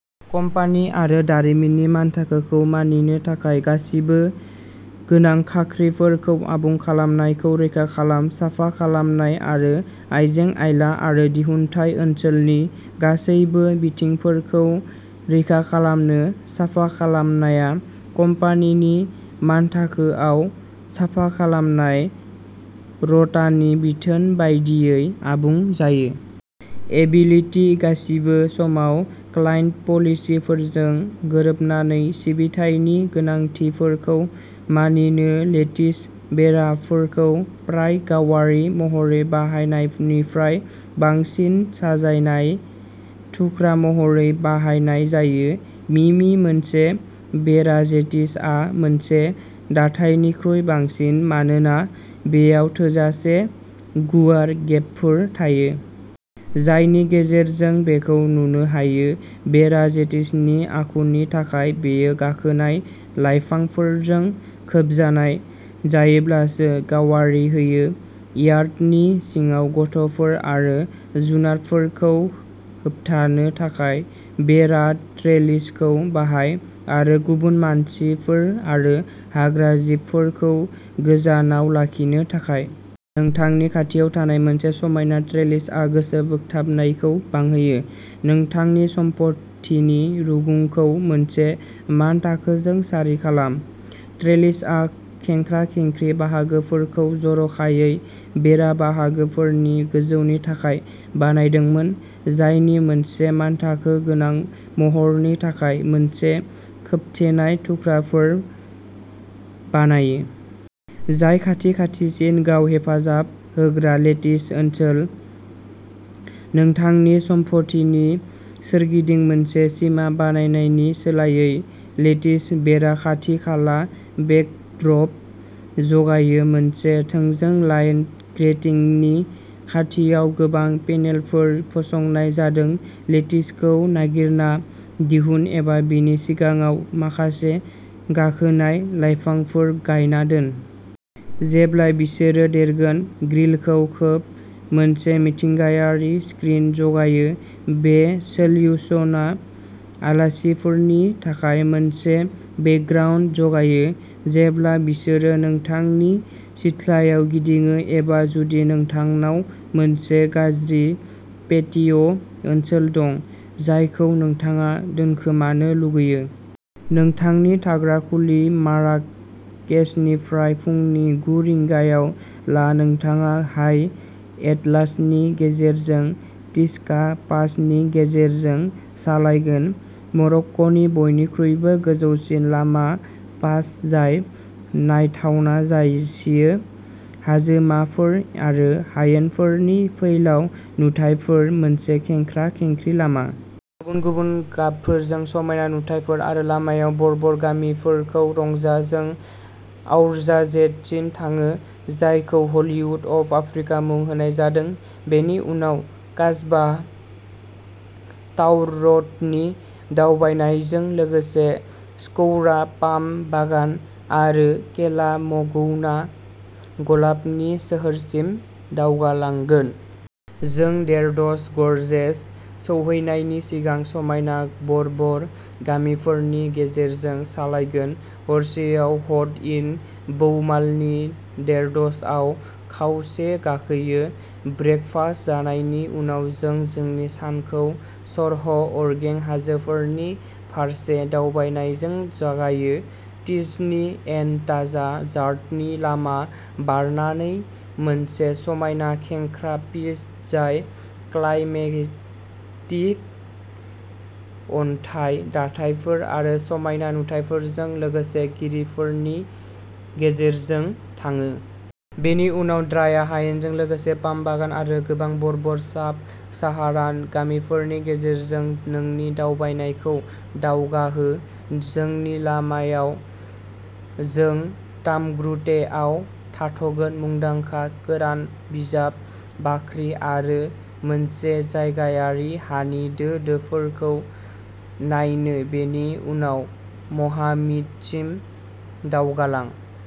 Company आरो दारिमिननि मानथाखोखौ मानिनो थाखाय गासैबो गोनां खाख्रिफोरखौ आबुं खालामनायखौ रोखा खालाम। साफा खालामनाय आरो आइजें-आइला आरो दिहुनथाय ओनसोलनि गासैबो बिथिंफोरखौ रोखा खालामनो साफा खालामनाया कम्पानिनि मानथाखोआव साफा खालामनाय र'टानि बिथोन बायदियै आबुं जायो। एबिलिटि गासिबो समाव क्लाइन्ट पलिसिफोरजों गोरोबनानै सिबिथायनि गोनांथिफोरखौ मानिनो। लेटिस बेराफोरखौ प्राय गावारि महरै बाहायनायनिफ्राय बांसिन साजायनाय थुख्रा महरै बाहायनाय जायो। मि मि मोनसे बेरा जेटिसआ मोनसे दाथायनिख्रुइ बांसिन। मानोना बेयाव थोजासे गुवार गेपफोर थायो। जायनि गेजेरजों बेखौ नुनो हायो। बेरा जेटिसनि आखुनि थाखाय। बेयो गाखोनाय लाइफांफोरजों खोबजानाय जायोब्लासो गावारि होयो। यार्डनि सिङाव गथ'फोर आरो जुनारफोरखौ होबथानो थाखाय बेरा ट्रेलिसखौ बाहाय। आरो गुबुन मानसिफोर आरो हाग्राजिबफोरखौ गोजानाव लाखिनो थाखाय। नोंथांनि खाथियाव थानाय मोनसे समायना ट्रेलिसआ गोसो बोगथाबनायखौ बांहोयो। नोंथांनि सम्पथिनि रुगुंखौ मोनसे मानथाखोजों सारि खालाम। ट्रेलिसआ खेंख्रा-खेंख्रि बाहागोफोरखौ जर'खायै बेरा बाहागोफोरनि गोजौनि थाखाय बानायदोंमोन। जायनि मोनसे मानथाखो गोनां महरनि थाखाय। मोनसे खोबथेनाय थुख्राफोर बानायो। जाय खाथि-खाथिसिन गाव-हेफाजाब होग्रा लेटिस ओनसोल। नोंथांनि सम्पथिनि सोरगिदिं मोनसे सिमा बानायनायनि सोलायै लेटिस बेरा खाथि-खाला बेकड्रप जगायो। मोनसे थोंजों लाइन ग्रेटिंगनि खाथियाव गोबां पेनेलफोर फसंनाय जादों। लेटिसखौ नागिरना दिहुन एबा बिनि सिगाङाव माखासे गाखोनाय लायफांफोर गायना दोन। जेब्ला बिसोरो देरगोन, ग्रिलखौ खोब, मोनसे मिथिंगायारि स्क्रिन जगायो। बे सोल्युशना आलासिफोरनि थाखाय मोनसे बेकग्राउन्ड जगायो। जेब्ला बिसोरो नोंथांनि सिथ्लायाव गिदिङो एबा जुदि नोंथांनाव मोनसे गाज्रि पेटिय' ओनसोल दं। जायखौ नोंथाङा दोनखोमानो लुगैयो। नोंथांनि थाग्रा खुलि माराकेसनिफ्राय फुंनि गु रिंगायाव ला। नोंथाङा हाइ एटलासनि गेजेरजों टिचका पास नि गेजेरजों सालायगोन। मरक्क'नि बयनिख्रुइबो गोजौसिन लामा पास जाय नायथावना जासियो। हाजोमाफोर आरो हायेनफोरनि फैलाव नुथायफोर। मोनसे खेंख्रा-खेंख्रि लामा। गुबुन-गुबुन गाबफोरजों समायना नुथायफोर आरो लामायाव बर्बर गामिफोरखौ रंजा। जों आउरजाजेटसिम थाङो। जायखौ हलीवुड अफ आफ्रिका मुं होनाय जादों। बेनि उनाव कासबाह ताउररटनि दावबायनायजों लोगोसे स्कौरा पाम बागान आरो केला मगौना गलाबनि सोहोरसिम दावगालांगोन। जों डेड्स गरजेस सौहैनायनि सिगां समायना बर्बर गामिफोरनि गेजेरजों सालायगोन। हरसेआव ह'ट इन बौमालने डेड्सआव खावसे गाखोयो। ब्रेकफास्ट जानायनि उनाव जों जोंनि सानखौ सरह' अरगें हाजोफोरनि फारसे दावबायनायजों जागायो। टिजनी एन ताजा जार्टनि लामा बारनानै मोनसे समायना खेंख्रा पिस्ट जाय क्लाइमेक्टिक अन्थाइ दाथायफोर आरो समायना नुथायफोरजों लोगोसे गिरिफोरनि गेजेरजों थाङो। बेनि उनाव द्राया हायेनजों लोगोसे पाम बागान आरो गोबां बर्बर साब साहारान गामिफोरनि गेजेरजों नोंनि दावबायनायखौ दावगाहो। जोंनि लामायाव जों तामग्रुटेआव थाथ'गोन मुंदांखा कोरान बिजाब बाख्रि आरो मोनसे जायगायारि हानि दो दोफोरखौ नायनो। बेनि उनाव म'हामिदसिम दावगालां।